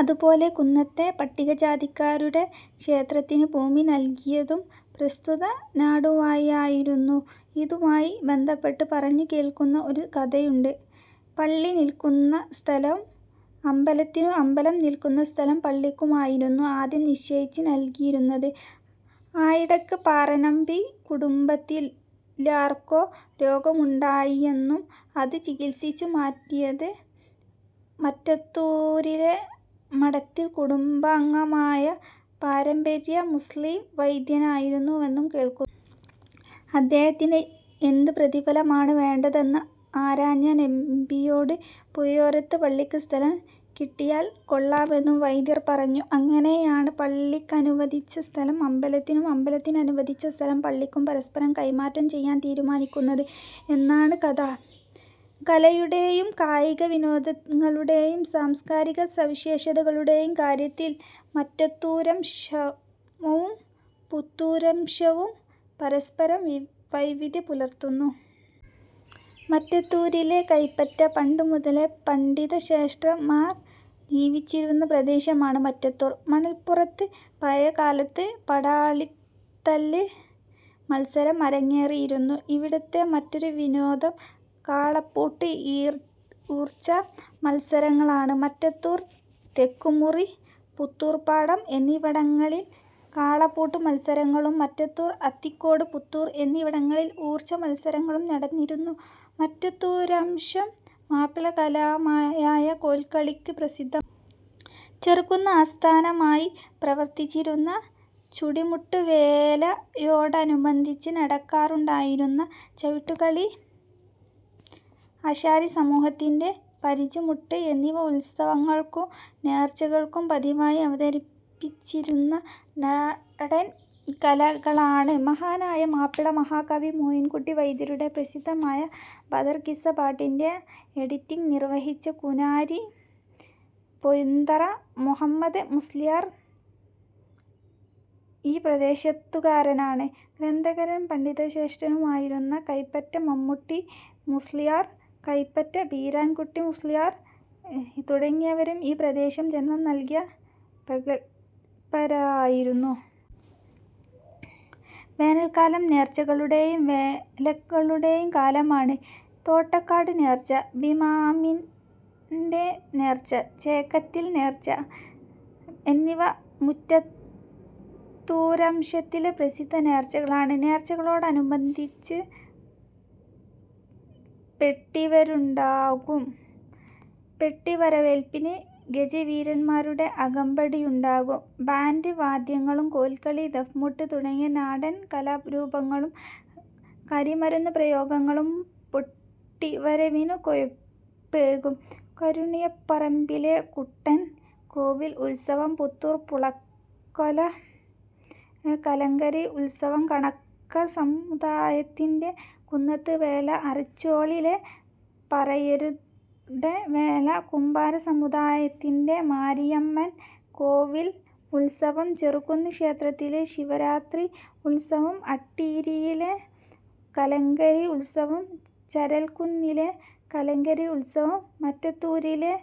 അതുപോലെ കുന്നത്തെ പട്ടികജാതിക്കാരുടെ ക്ഷേത്രത്തിനു ഭൂമി നൽകിയതും പ്രസ്തുത നാടുവാഴിയായിരുന്നു. ഇതുമായി ബന്ധപ്പെട്ട് പറഞ്ഞുകേൾക്കുന്ന ഒരു കഥയുണ്ട്. പള്ളി നിൽക്കുന്ന സ്ഥലം അമ്പലത്തിനും, അമ്പലം നിൽക്കുന്ന സ്ഥലം പള്ളിക്കുമായിരുന്നു ആദ്യം നിശ്ചയിച്ച് നൽകിയിരുന്നത്. ആയിടക്ക് പാറനമ്പി കുടുംബത്തിലാർക്കോ രോഗമുണ്ടായിയെന്നും അത് ചികിത്സിച്ചുമാറ്റിയത് മറ്റത്തൂരിലെ മഠത്തിൽ കുടുംബാംഗമായ പാരമ്പര്യ മുസ്ളീം വൈദ്യനായിരുന്നുവെന്നും കേൾക്കുന്നു. അദ്ദേഹത്തിന് എന്ത് പ്രതിഫലമാണ് വേണ്ടതെന്ന് ആരാഞ്ഞ നമ്പിയോട് പുഴയോരത്ത് പള്ളിക്ക് സ്ഥലം കിട്ടിയാൽ കൊള്ളാമെന്ന് വൈദ്യർ പറഞ്ഞു. അങ്ങനെയാണ് പള്ളിക്കനുവദിച്ച സ്ഥലം അമ്പലത്തിനും അമ്പലത്തിനനുവദിച്ച സ്ഥലം പള്ളിക്കും പരസ്പരം കൈമാറ്റം ചെയ്യാൻ തീരുമാനിക്കുന്നത് എന്നാണ് കഥ. കലയുടെയും കായികവിനോദങ്ങളുടെയും സാംസ്കാരിക സവിശേഷതകളുടേയും കാര്യത്തിൽ മറ്റത്തൂരംശവും പുത്തൂരംശവും പരസ്പരം വൈവിധ്യം പുലർത്തുന്നു. മറ്റത്തൂരിലെ കൈപ്പറ്റ പണ്ടു മുതലേ പണ്ഡിത ശ്രേഷ്ഠന്മാർ ജീവിച്ചിരുന്ന പ്രദേശമാണ്. മറ്റത്തൂർ മണൽപുറത്ത് പഴയകാലത്ത് പടാളിത്തല്ല് മത്സരം അരങ്ങേറിയിരുന്നു. ഇവിടുത്തെ മറ്റൊരു വിനോദം കാളപ്പൂട്ട് ഊർച്ച മത്സരങ്ങളാണ്. മറ്റത്തൂർ, തെക്കുംമുറി, പുത്തൂർപാടം എന്നിവിടങ്ങളിൽ കാളപൂട്ടുമത്സരങ്ങളും മറ്റത്തൂർ, അത്തിക്കോട്, പുത്തൂർ എന്നിവിടങ്ങളിൽ ഊർച്ചമത്സരങ്ങളും നടന്നിരുന്നു. മറ്റത്തൂരംശം മാപ്പിളകലാമായ കോൽക്കളിക്ക് പ്രസിദ്ധ ചെറുകുന്ന് ആസ്ഥാനമായി പ്രവർത്തിച്ചിരുന്ന ചുടിമുട്ടുവേലയോടനുബന്ധിച്ച് നടക്കാറുണ്ടായിരുന്ന ചവിട്ടുകളി, ആശാരിസമൂഹത്തിന്റെ പരിചമുട്ട് എന്നിവ ഉത്സവങ്ങൾക്കും നേർച്ചകൾക്കും പതിവായി അവതരിപ്പിച്ചിരുന്ന നാടൻ കലകളാണ്. മഹാനായ മാപ്പിള മഹാകവി മോയിൻകുട്ടി വൈദ്യരുടെ പ്രസിദ്ധമായ ബദർകിസ്സപ്പാട്ടിന്റെ എഡിറ്റിംഗ് നിർവ്വഹിച്ച കൂനാരി പെഴുന്തറ മുഹമ്മദ് മുസ്ള്യാർ ഈ പ്രദേശത്തുകാരനാണ്. ഗ്രന്ഥകാരനും പണ്ഡിതശ്രേഷ്ഠനുമായിരുന്ന കൈപ്പറ്റ മമ്മുട്ടി മുസ്ള്യാർ, കൈപ്പറ്റ ബീരാൻ കുട്ടി മുസ്ള്യാർ തുടങ്ങിയവരും ഈ പ്രദേശം ജന്മം നൽകിയ പ്രഗല്ഭരായിരുന്നു. വേനൽക്കാലം നേർച്ചകളുടെയും വേലക്കളുടെയും കാലമാണ്. തോട്ടക്കാട് നേർച്ച, ബീമാമാന്റ നേർച്ച, ചേക്കത്തിൽ നേർച്ച എന്നിവ മൂറ്റത്തൂരംശത്തിലെ പ്രസിദ്ധ നേർച്ചകളാണ്. നേർച്ചകളോടനുബന്ധിച്ച് പെട്ടിവരുണ്ടാകും. പെട്ടിവരവേൽപ്പിന് ഗജവീരന്മാരുടെ അകമ്പടിയുണ്ടാകും. ബാന്റ് വാദ്യങ്ങളും, കോൽക്കളി, ദഫ്മുട്ട് തുടങ്ങിയ നാടൻകലാരൂപങ്ങളും, കരിമരുന്ന് പ്രയോഗങ്ങളും പൊട്ടിവരവിനു കൊഴുപ്പേകും. കുരുണിയപ്പറമ്പിലെ കുട്ടൻകോവിൽ ഉത്സവം, പുത്തൂർ പൂളക്കലെ കലങ്കരി ഉത്സവം, കണക്ക സമുദായത്തിന്റെ കുന്നത്തുവേല, അറിച്ചോളിലെ പറയരുടെ വേല, കുംഭാര സമുദായത്തിന്റെ മാരിയമ്മൻ കോവിൽ ഉത്സവം, ചെറുകുന്ന് ക്ഷേത്രത്തിലെ ശിവരാത്രി ഉത്സവം, അട്ടീരിയിലെ കലങ്കരി ഉത്സവം, ചരൽക്കുന്നിലെ കലങ്കരി ഉത്സവം, മറ്റത്തൂരിലെ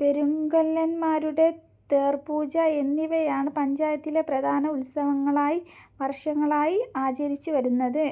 പെരുങ്കൊല്ലന്മാരുടെ തേർപൂജ എന്നിവയാണ് പഞ്ചായത്തിലെ പ്രധാന ഉത്സവങ്ങളായി വർഷങ്ങളായി ആചരിച്ചു വരുന്നത്.